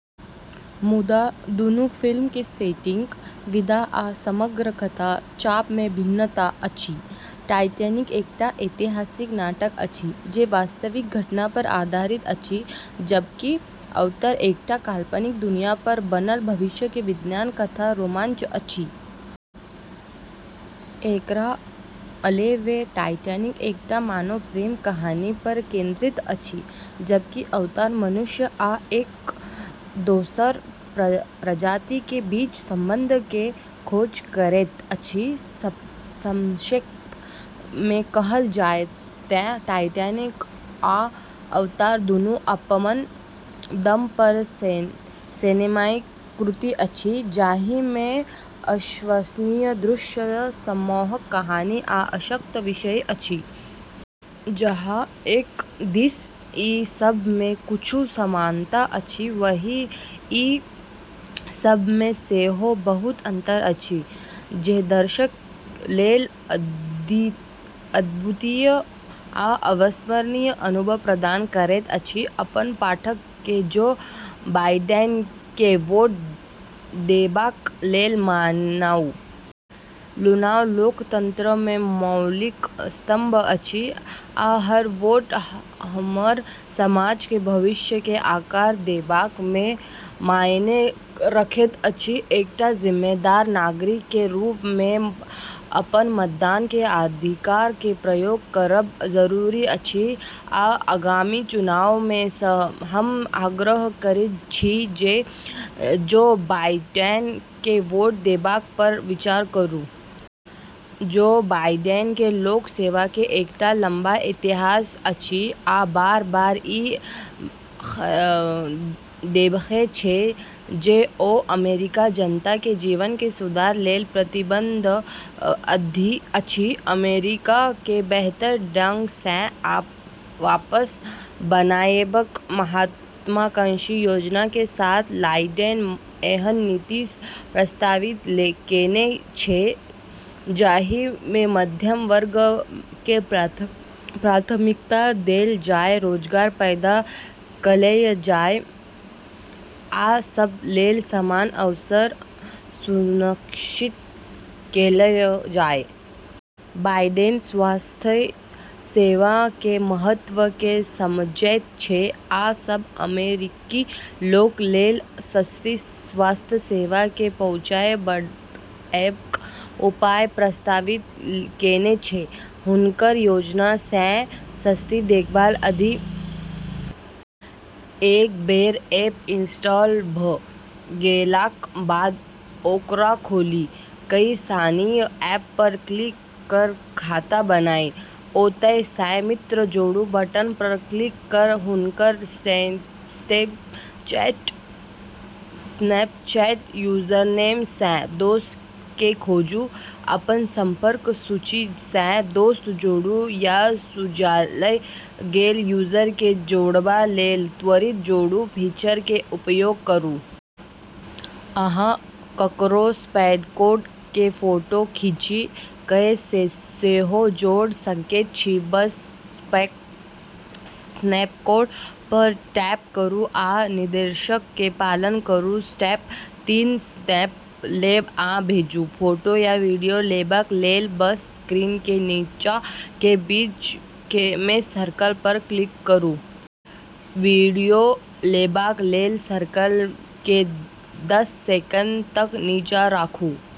मुदा दुनू फिल्म के सेटिंग, विधा, आ समग्र कथा चाप मे भिन्नता अछि। टाइटैनिक एकटा ऐतिहासिक नाटक अछि जे वास्तविक घटना पर आधारित अछि, जबकि अवतार एकटा काल्पनिक दुनिया पर बनल भविष्य के विज्ञान कथा रोमांच अछि। एकरा अलावे टाइटैनिक एकटा मानव प्रेम कहानी पर केंद्रित अछि, जबकि अवतार मनुष्य आ एक दोसर प्रजाति के बीच संबंध के खोज करैत अछि। संक्षेप मे कहल जाय तँ टाइटैनिक आ अवतार दुनू अपन दम पर सिनेमाई कृति अछि, जाहि मे अविश्वसनीय दृश्य, सम्मोहक कहानी, आ सशक्त विषय अछि। जहाँ एक दिस ई सब मे किछु समानता अछि, वहीं ई सब मे सेहो बहुत अंतर अछि, जे दर्शक लेल अद्वितीय आ अविस्मरणीय अनुभव प्रदान करैत अछि। अपन पाठक के जो बाइडेन के वोट देबाक लेल मनाउ। चुनाव लोकतंत्र के मौलिक स्तंभ अछि, आ हर वोट हमर समाज के भविष्य के आकार देबाक मे मायने रखैत अछि। एकटा जिम्मेदार नागरिक के रूप मे अपन मतदान के अधिकार के प्रयोग करब जरूरी अछि, आ आगामी चुनाव मे हम आग्रह करैत छी जे जो बाइडेन के वोट देबाक पर विचार करू। जो बाइडेन के लोक सेवा के एकटा लम्बा इतिहास अछि आ बार-बार ई देखबै छै जे ओ अमेरिकी जनता के जीवन मे सुधार लेल प्रतिबद्ध अछि। अमेरिका के बेहतर ढंग सँ वापस बनएबाक महत्वाकांक्षी योजना के साथ बाइडेन एहन नीति प्रस्तावित केने छै जाहि मे मध्यम वर्ग के प्राथमिकता देल जाय, रोजगार पैदा कएल जाय आ सब लेल समान अवसर सुनिश्चित कएल जाय। बाइडेन स्वास्थ्य सेवा के महत्व के समझैत छै आ सब अमेरिकी लोक लेल सस्ती स्वास्थ्य सेवा के पहुँच बढ़एबाक उपाय प्रस्तावित केने छै। हुनकर योजना सँ सस्ती देखभाल अधिनियम के मजबूत कएल जैत, पर्चे के दवाई के लागत कम होयत, आ स्वास्थ्य सेवा के कम सेवा प्राप्त समुदाय लेल अधिक सुलभ बनएल जैत। एक बेर ऐप इंस्टॉल भ गेलाक बाद ओकरा खोलि कए साइन अप पर क्लिक कए खाता बनाउ। ओतय सँ मित्र जोड़ू बटन पर क्लिक कए हुनकर स्नैपचैट यूजरनेम सँ दोस्त के खोजू, अपन संपर्क सूची सँ दोस्त जोड़ू, या सुझाएल गेल यूजर के जोड़बा लेल त्वरित जोड़ू फीचर के उपयोग करू। अहाँ ककरो स्नैपकोड के फोटो खींचि कए सेहो जोड़ सकैत छी बस स्नैपकोड पर टैप करू आ निर्देशक के पालन करू। स्टेप तीन स्नैप लेब आ भेजू। फोटो या वीडियो लेबाक लेल बस स्क्रीन के नीचा के बीच मे सर्कल पर क्लिक करू। वीडियो लेबाक लेल सर्कल के दस सेकेंड तक नीचा राखू।